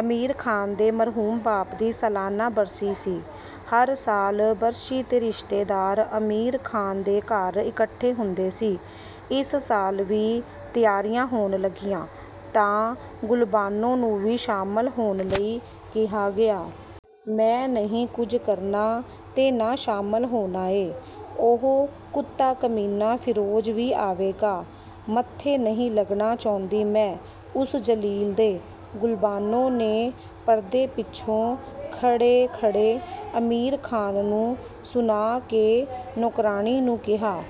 ਅਮੀਰ ਖ਼ਾਨ ਦੇ ਮਰਹੂਮ ਬਾਪ ਦੀ ਸਲਾਨਾ ਬਰਸੀ ਸੀ। ਹਰ ਸ਼ਾਲ ਬਰਸ਼ੀ ਤੇ ਰਿਸ਼ਤੇਦਾਰ ਅਮੀਰ ਖ਼ਾਨ ਦੇ ਘਰ ਇੱਕਠੇ ਹੁੰਦੇ ਸੀ। ਇਸ ਸਾਲ ਵੀ ਤਿਆਰੀਆਂ ਹੋਣ ਲੱਗੀਆਂ, ਤਾਂ ਗੁਲਬਾਨੋ ਨੂੰ ਵੀ ਸ਼ਾਮਲ ਹੋਣ ਲਈ ਕਿਹਾ ਗਿਆ। "ਮੈਂ ਨਹੀ ਕੁਝ ਕਰਨਾ ਤੇ ਨਾਂ ਸ਼ਾਮਲ ਹੋਣਾਂ ਏਂ। ਉਹ ਕੁੱਤਾ-ਕਮੀਨਾਂ ਫਿਰੋਜ਼ ਵੀ ਆਵੇਗਾ। ਮੱਥੇ ਨਹੀ ਲੱਗਣਾ ਚਹੁੰਦੀ ਮੈਂ ਉਸ ਜ਼ਲੀਲ ਦੇ "ਗੁਲਬਾਨੋ ਨੇ ਪਰਦੇ ਪਿੱਛੇ ਖੜ੍ਹੇ ਖੜੇ ਅਮੀਰ ਖ਼ਾਨ ਨੂੰ ਸੁਣਾ ਕੇ ਨੌਕਰਾਣੀ ਨੂੰ ਕਿਹਾ।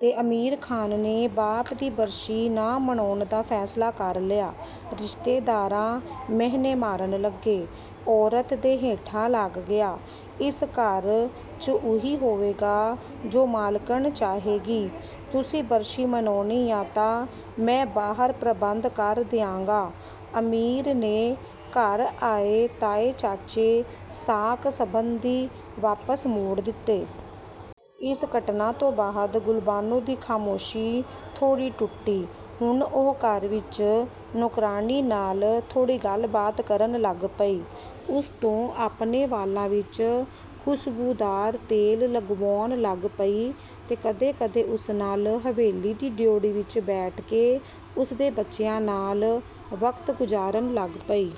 ਤੇ ਅਮੀਰ ਖ਼ਾਨ ਨੇ ਬਾਪ ਦੀ ਬਰਸ਼ੀ ਨਾ ਮਨਾਉਣ ਦਾ ਫੈਸਲਾ ਕਰ ਲਿਆ। ਰਿਸ਼ਤੇਦਾਰਾ ਮੈਹਣੇ ਮਾਰਨ ਲੱਗੇ… "ਔਰਤ ਦੇ ਹੇਠਾਂ ਲੱਗ ਗਿਆ".. "ਇਸ ਘਰ, ਚ' ਉਹੀ ਹੋਵੇਗਾ ਜੋ ਮਾਲਕਣ ਚਾਹੇਗੀ ", ਤੁਸੀ ਬਰਸੀ ਮਨਾਉਣੀ ਤਾਂ ਮੈਂ ਬਾਹਰ ਪ੍ਰਬੰਧ ਕਰ ਦਿਆਗਾਂ, ਅਮੀਰ ਨੇ ਘਰ ਆਏ ਤਾਏ-ਚਾਚੇ ਸਾਕ-ਸਬੰਧੀ ਵਾਪਸ ਮੋੜ ਦਿਤੇ। ਇਸ ਘਟਨਾ ਤੋਂ ਬਾਅਦ ਗੁਲਬਾਨੋ ਦੀ ਖਾਮੋਸ਼ੀ ਥੋੜੀ ਟੁੱਟੀ। ਹੁਣ ਉਹ ਘਰ ਵਿੱਚ ਨੌਕਰਾਣੀ ਨਾਲ ਥੋੜ੍ਹੀ ਗੱਲਬਾਤ ਕਰਨ ਲੱਗ ਪਈ। ਉਸ ਤੋਂ ਆਪਣੇ ਵਾਲਾਂ ਵਿੱਚ ਖ਼ੁਸ਼ਬੂਦਾਰ ਤੇਲ ਲਗਵਾਉਣ ਲੱਗ ਪਈ ਤੇ ਕਦੇ ਕਦੇ ਉਸ ਨਾਲ ਹਵੇਲੀ ਦੀ ਡਿਉਢੀ ਵਿੱਚ ਬੈਠ ਕੇ ਉਸਦੇ ਬੱਚਿਆਂ ਨਾਲ ਵਕਤ ਗੁਜ਼ਾਰਨ ਲੱਗ ਪਈ।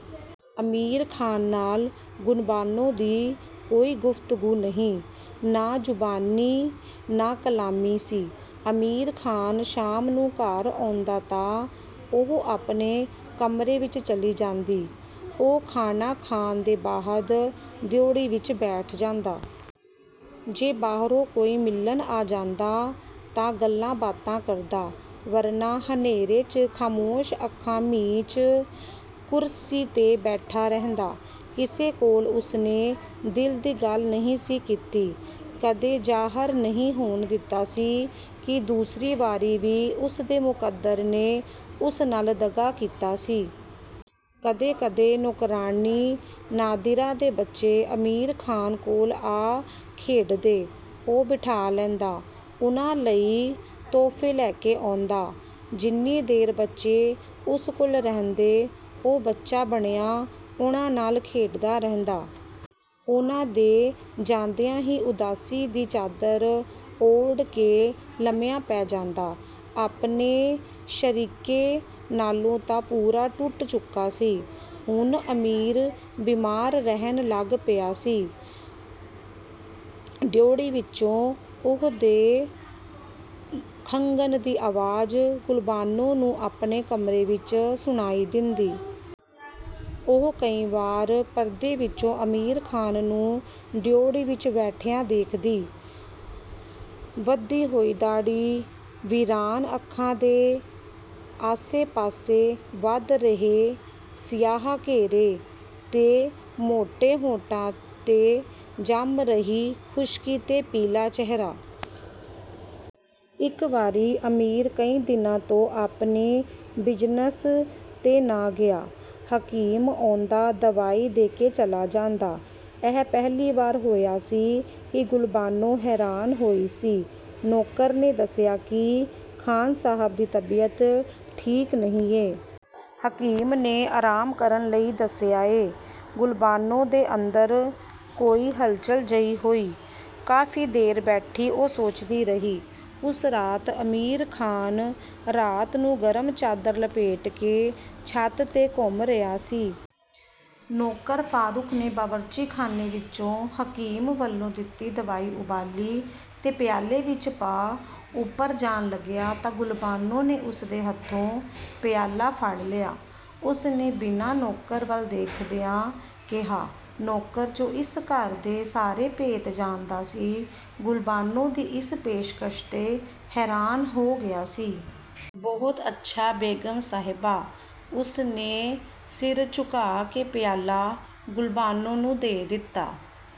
ਅਮੀਰ ਖ਼ਾਨ ਨਾਲ ਗੁਲਬਾਨੋ ਦੀ ਕੋਈ ਗੁਫਤਗੂ ਨਹੀਂ, ਨਾ ਜ਼ੁਬਾਨੀ ਨਾ ਕਲਾਮੀ ਸੀ। ਅਮੀਰ ਖਾਨ ਸ਼ਾਮ ਨੂੰ ਘਰ ਆਉਦਾਂ ਤਾਂ, ਉਹ ਆਪਣੇ ਕਮਰੇ ਵਿੱਚ ਚਲੀ ਜਾਂਦੀ। ਉਹ ਖਾਣਾਂ ਖਾਣ ਤੋ ਬਾਅਦ ਡਿਉਢੀ ਵਿੱਚ ਬੈਠ ਜਾਂਦਾ। ਜੇ ਬਾਹਰੋ ਕੋਈ ਮਿਲਣ ਆ ਜਾਂਦਾ ਤਾਂ ਗੱਲਾਂਬਾਤਾ ਕਰਦਾ ਵਰਨਾ ਹਨੇਰੇ, ਚ' ਖਾਮੋਸ਼ ਅੱਖਾਂ ਮੀਚ ਕੁਰਸੀ ਤੇ ਬੈਠਾ ਰਹਿੰਦਾ। ਕਿਸੇ ਕੋਲ ਉਸਨੇ ਦਿਲ ਦੀ ਗੱਲ ਨਹੀ ਸੀ ਕੀਤੀ। ਕਦੇ ਜ਼ਾਹਰ ਨਹੀਂ ਹੋਣ ਦਿਤਾ ਸੀ ਕਿ ਦੂਸਰੀ ਵਾਰੀ ਵੀ ਉਸਦੇ ਮੁਕੱਦਰ ਨੇ ਉਸ ਨਾਲ ਦਗ਼ਾ ਕੀਤਾ ਸੀ। ਕਦੇ ਕਦੇ ਨੌਕਰਾਣੀ ਨਾਦਿਰਾ ਦੇ ਬੱਚੇ ਅਮੀਰ ਖ਼ਾਨ ਕੋਲ ਆ ਖੇਡਦੇ। ਉਹ ਬਿਠਾ ਲੈਂਦਾ, ਉਨ੍ਹਾਂ ਲਈ ਤੋਹਫੇ ਲੈ ਕੇ ਆਉਦਾ। ਜਿੰਨੀ ਦੇਰ ਬੱਚੇ ਉਸ ਕੋਲ ਰਹਿੰਦੇ, ਉਹ ਬੱਚਾ ਬਣਿਆਂ ਉਨ੍ਹਾਂ ਨਾਲ ਖੇਡਦਾ ਰਹਿੰਦਾਂ। ਉਨ੍ਹਾਂ ਦੇ ਜਾਂਦਿਆਂ ਹੀ ਉਦਾਸੀ ਦੀ ਚਾਦਰ ਓੜ ਕੇ ਲੰਮਿਆਂ ਪੈ ਜਾਂਦਾ। ਆਪਣੇ ਸ਼ਰੀਕੇ ਨਾਲੋਂ ਤਾਂ ਪੂਰਾ ਟੁੱਟ ਚੁੱਕਾ ਸੀ। ਹੁਣ ਅਮੀਰ ਬੀਮਾਰ ਰਹਿਣ ਲੱਗ ਪਿਆ ਸੀ। ਡਿਉਢੀ ਵਿਚੋਂ ਉਹਦੇ ਖੰਘਣ ਦੀ ਆਵਾਜ਼ ਗੁਲਬਾਨੋ ਨੂੰ ਆਪਣੇ ਕਮਰੇ ਵਿੱਚ ਸੁਣਾਈ ਦਿੰਦੀ। ਉਹ ਕਈ ਵਾਰ ਪਰਦੇ ਵਿਚੋਂ ਅਮੀਰ ਖ਼ਾਨ ਨੂੰ ਡਿਉਢੀ ਵਿੱਚ ਬੈਠਿਆ ਦੇਖਦੀ। ਵਧੀ ਹੋਈ ਦਾੜੀ, ਵੀਰਾਨ ਅੱਖਾਂ ਦੇ ਆਸੇ ਪਾਸੇ ਵਧ ਰਹੇ ਸਿਆਹ ਘੇਰੇ ਤੇ ਮੋਟੇ ਹੋਂਠਾਂ ਤੇ ਜੰਮ ਰਹੀ ਖੁਸ਼ਕੀ ਤੇ ਪੀਲਾ ਚਿਹਰਾ। ਇਕ ਵਾਰੀ ਅਮੀਰ ਕਈ ਦਿਨਾਂ ਤੋਂ ਆਪਣੇ ਬਿਜ਼ਨਸ ਤੇ ਨਾ ਗਿਆ, ਹਕੀਮ ਆਉਦਾਂ ਦਵਾਈ ਦੇ ਕੇ ਚਲਾ ਜਾਦਾਂ। ਇਹ ਪਹਿਲੀ ਵਾਰ ਹੋਇਆ ਸੀ, ਕਿ ਗੁਲਬਾਨੋ ਹੈਰਾਨ ਹੋਈ ਸੀ। ਨੌਕਰ ਨੇ ਦੱਸਿਆ ਕਿ ਖ਼ਾਨ ਸਾਹਬ ਦੀ ਤਬੀਅਤ ਠੀਕ ਨਹੀਂ ਏਂ। ਹਕੀਮ ਨੇ ਆਰਾਮ ਕਰਨ ਲਈ ਦੱਸਿਆ ਏਂ। ਗੁਲਬਾਨੋ ਦੇ ਅੰਦਰ ਕੋਈ ਹੱਲਚੱਲ ਜਿਹੀ ਹੋਈ, ਕਾਫ਼ੀ ਦੇਰ ਬੈਠੀ ਉਹ ਸੋਚਦੀ ਰਹੀ। ਉਸ ਰਾਤ ਅਮੀਰ ਖ਼ਾਨ ਰਾਤ ਨੂੰ ਗਰਮ ਚਾਦਰ ਲਪੇਟ ਕੇ ਛੱਤ ਤੇ ਘੁੰਮ ਰਿਹਾ ਸੀ। ਨੌਕਰ ਫਾਰੂਕ ਨੇ ਬਾਵਰਚੀ ਖਾਨੇ ਵਿਚੋਂ ਹਕੀਮ ਵੱਲੋਂ ਦਿਤੀ ਦਵਾਈ ਉਬਾਲੀ ਤੇ ਪਿਆਲੇ ਵਿੱਚ ਪਾ ਉਪਰ ਜਾਣ ਲੱਗਿਆ ਤਾਂ ਗੁਲਬਾਨੋ ਨੇ ੳਸਦੇ ਹੱਥੋਂ ਪਿਆਲਾ ਫੜ੍ਹ ਲਿਆ। ਉਸਨੇ ਬਿਨਾਂ ਨੌਕਰ ਵੱਲ ਦੇਖਦਿਆਂ ਕਿਹਾ। ਨੌਕਰ, ਜੋ ਇਸ ਘਰ ਦੇ ਸਾਰੇ ਭੇਤ ਜਾਣਦਾ ਸੀ, ਗੁਲਬਾਨੋ ਦੀ ਇਸ ਪੇਸ਼ਕਸ਼ ਤੇ ਹੈਰਾਨ ਹੋ ਗਿਆ ਸੀ। "ਬਹੁਤ ਅੱਛਾ ਬੇਗ਼ਮ ਸਹਿਬਾਂ ".. ਉਸਨੇ ਸਿਰ ਝੁਕਾ ਕੇ ਪਿਆਲਾ ਗੁਲਬਾਨੋ ਨੂੰ ਦੇ ਦਿਤਾ।